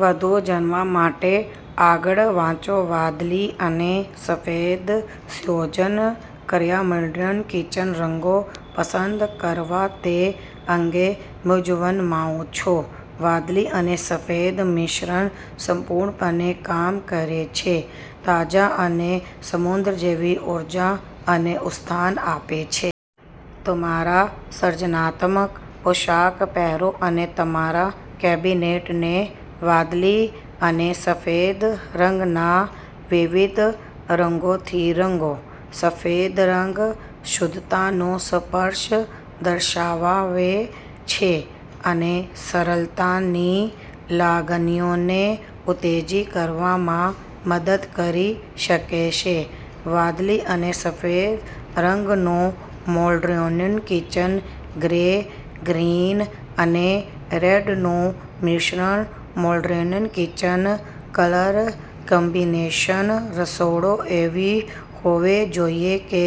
વધુ જાણવા માટે આગળ વાંચોવાદળી અને સફેદ સંયોજન કયા મોડ્યુલર કિચન રંગો પસંદ કરવા તે અંગે મૂંઝવણમાં છો? વાદળી અને સફેદ મિશ્રણ સંપૂર્ણપણે કામ કરે છે. તાજા અને સમુદ્ર જેવી ઊર્જા અને ઉત્થાન આપે છે. તમારા સર્જનાત્મક પોશાક પહેરો અને તમારા કેબિનેટને વાદળી અને સફેદ રંગના વિવિધ રંગોથી રંગો. સફેદ રંગ શુદ્ધતાનો સ્પર્શ દર્શાવે છે અને સરળતાની લાગણીઓને ઉત્તેજીત કરવામાં મદદ કરી શકે છે. વાદળી અને સફેદ રંગનું મોડ્યુલર કિચન ગ્રે, ગ્રીન અને રેડનું મિશ્રણમોડ્યુલર કિચન કલર કોમ્બિનેશન રસોડું એવું હોવું જોઈએ કે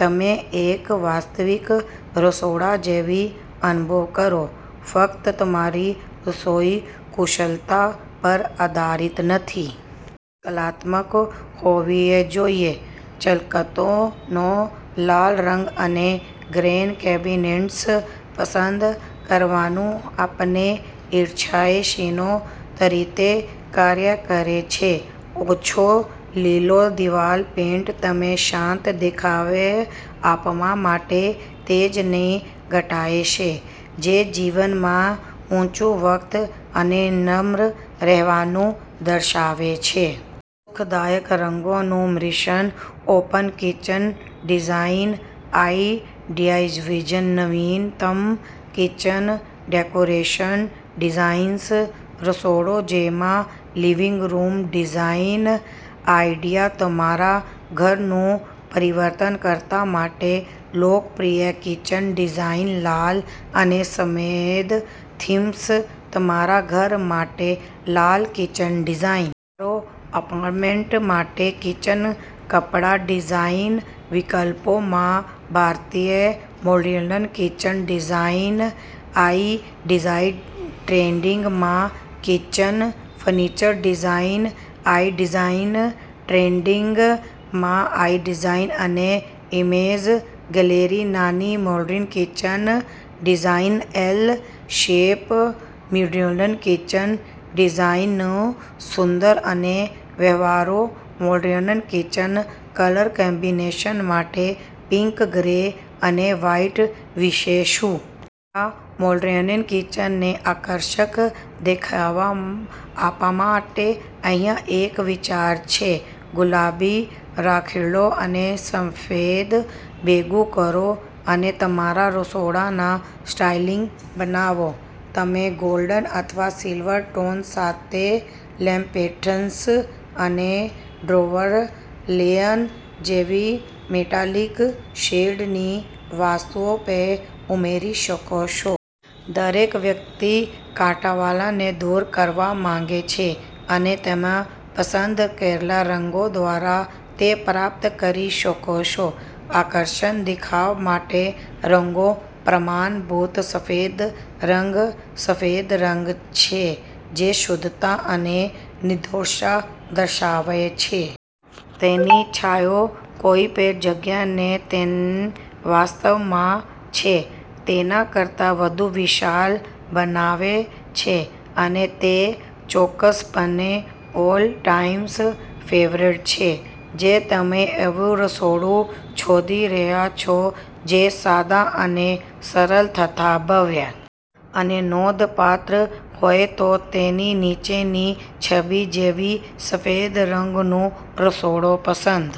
તમે એક વાસ્તવિક રસોઇયા જેવો અનુભવ કરો, ફક્ત તમારી રસોઈ કુશળતા પર આધારિત નથી. વાઇબ કલાત્મક હોવી જોઈએ. ચળકતો લાલ રંગ અને ગ્રે કેબિનેટ્સ પસંદ કરવાનું આપણે ઇચ્છીએ છીએ તેરીતે કાર્ય કરે છે. આછો લીલો દિવાલ પેઇન્ટ તેને શાંત દેખાવ આપવા માટે તેજને ઘટાડશે. તે જીવનમાં ઊંચું વધતું અને નમ્ર રહેવાનું દર્શાવે છે. સુખદાયક રંગોનું મિશ્રણ ઓપન કિચન ડિઝાઇન આઇડિયાઝનવીનતમ કિચન ડેકોરેશન ડિઝાઇન્સ, રસોડું જેમાં લિવિંગ રૂમ ડિઝાઇન આઇડિયાતમારા ઘરનું પરિવર્તન કરવા માટે, લોકપ્રિય કિચન ડિઝાઇન લાલ અને સફેદ થીમ્સ, તમારા ઘર માટે લાલ કિચન ડિઝાઇન વિચારો, એપાર્ટમેન્ટ માટે કિચન કપડા ડિઝાઇન વિકલ્પો, માં ભારતીય modular kitchen design ideas trending, માં kitchen furniture design ideas trending ideas અને ઇમેજ ગેલેરી, નાની modular kitchen design L shape modular kitchen ડિઝાઇન્સસુંદર અને વ્યવહારુ, મોડ્યુલર કિચન કલર કોમ્બિનેશન માટે પિંક, ગ્રે અને વ્હાઇટ વિશે શું? તમારા મોડ્યુલર કિચનને આકર્ષક દેખાવ આપવા માટે અહીં એક વિચાર છે. ગુલાબી, રાખોડી અને સફેદ ભેગું કરો અને તમારા રસોડાને સ્ટાઇલિશ બનાવો. તમે ગોલ્ડન અથવા સિલ્વર ટોન સાથે લેમ્પશેડ્સ અને ડ્રોઅર લેચ જેવી મેટાલિક શેડની વસ્તુઓ પણ ઉમેરી શકો છો. દરેક વ્યક્તિ કંટાળાને દૂર કરવા માંગે છે, અને તમે પસંદ કરેલા રંગો દ્વારા તે પ્રાપ્ત કરી શકો છો. આકર્ષક દેખાવ માટે રંગો પ્રમાણભૂત સફેદ રંગ સફેદરંગ છે જે શુદ્ધતા અને નિર્દોષતા દર્શાવે છે. તેની છાંયો કોઈપણ જગ્યાને તે વાસ્તવમાં છે તેના કરતા વધુ વિશાળ બનાવે છે અને તે ચોક્કસપણે ઓલ ટાઈમ ફેવરિટ છે. જો તમે એવું રસોડું શોધી રહ્યા છો જે સાદા અને સરળ છતાં ભવ્ય અને નોંધપાત્ર હોય, તો નીચેની છબી જેવું સફેદ રંગનું રસોડું પસંદ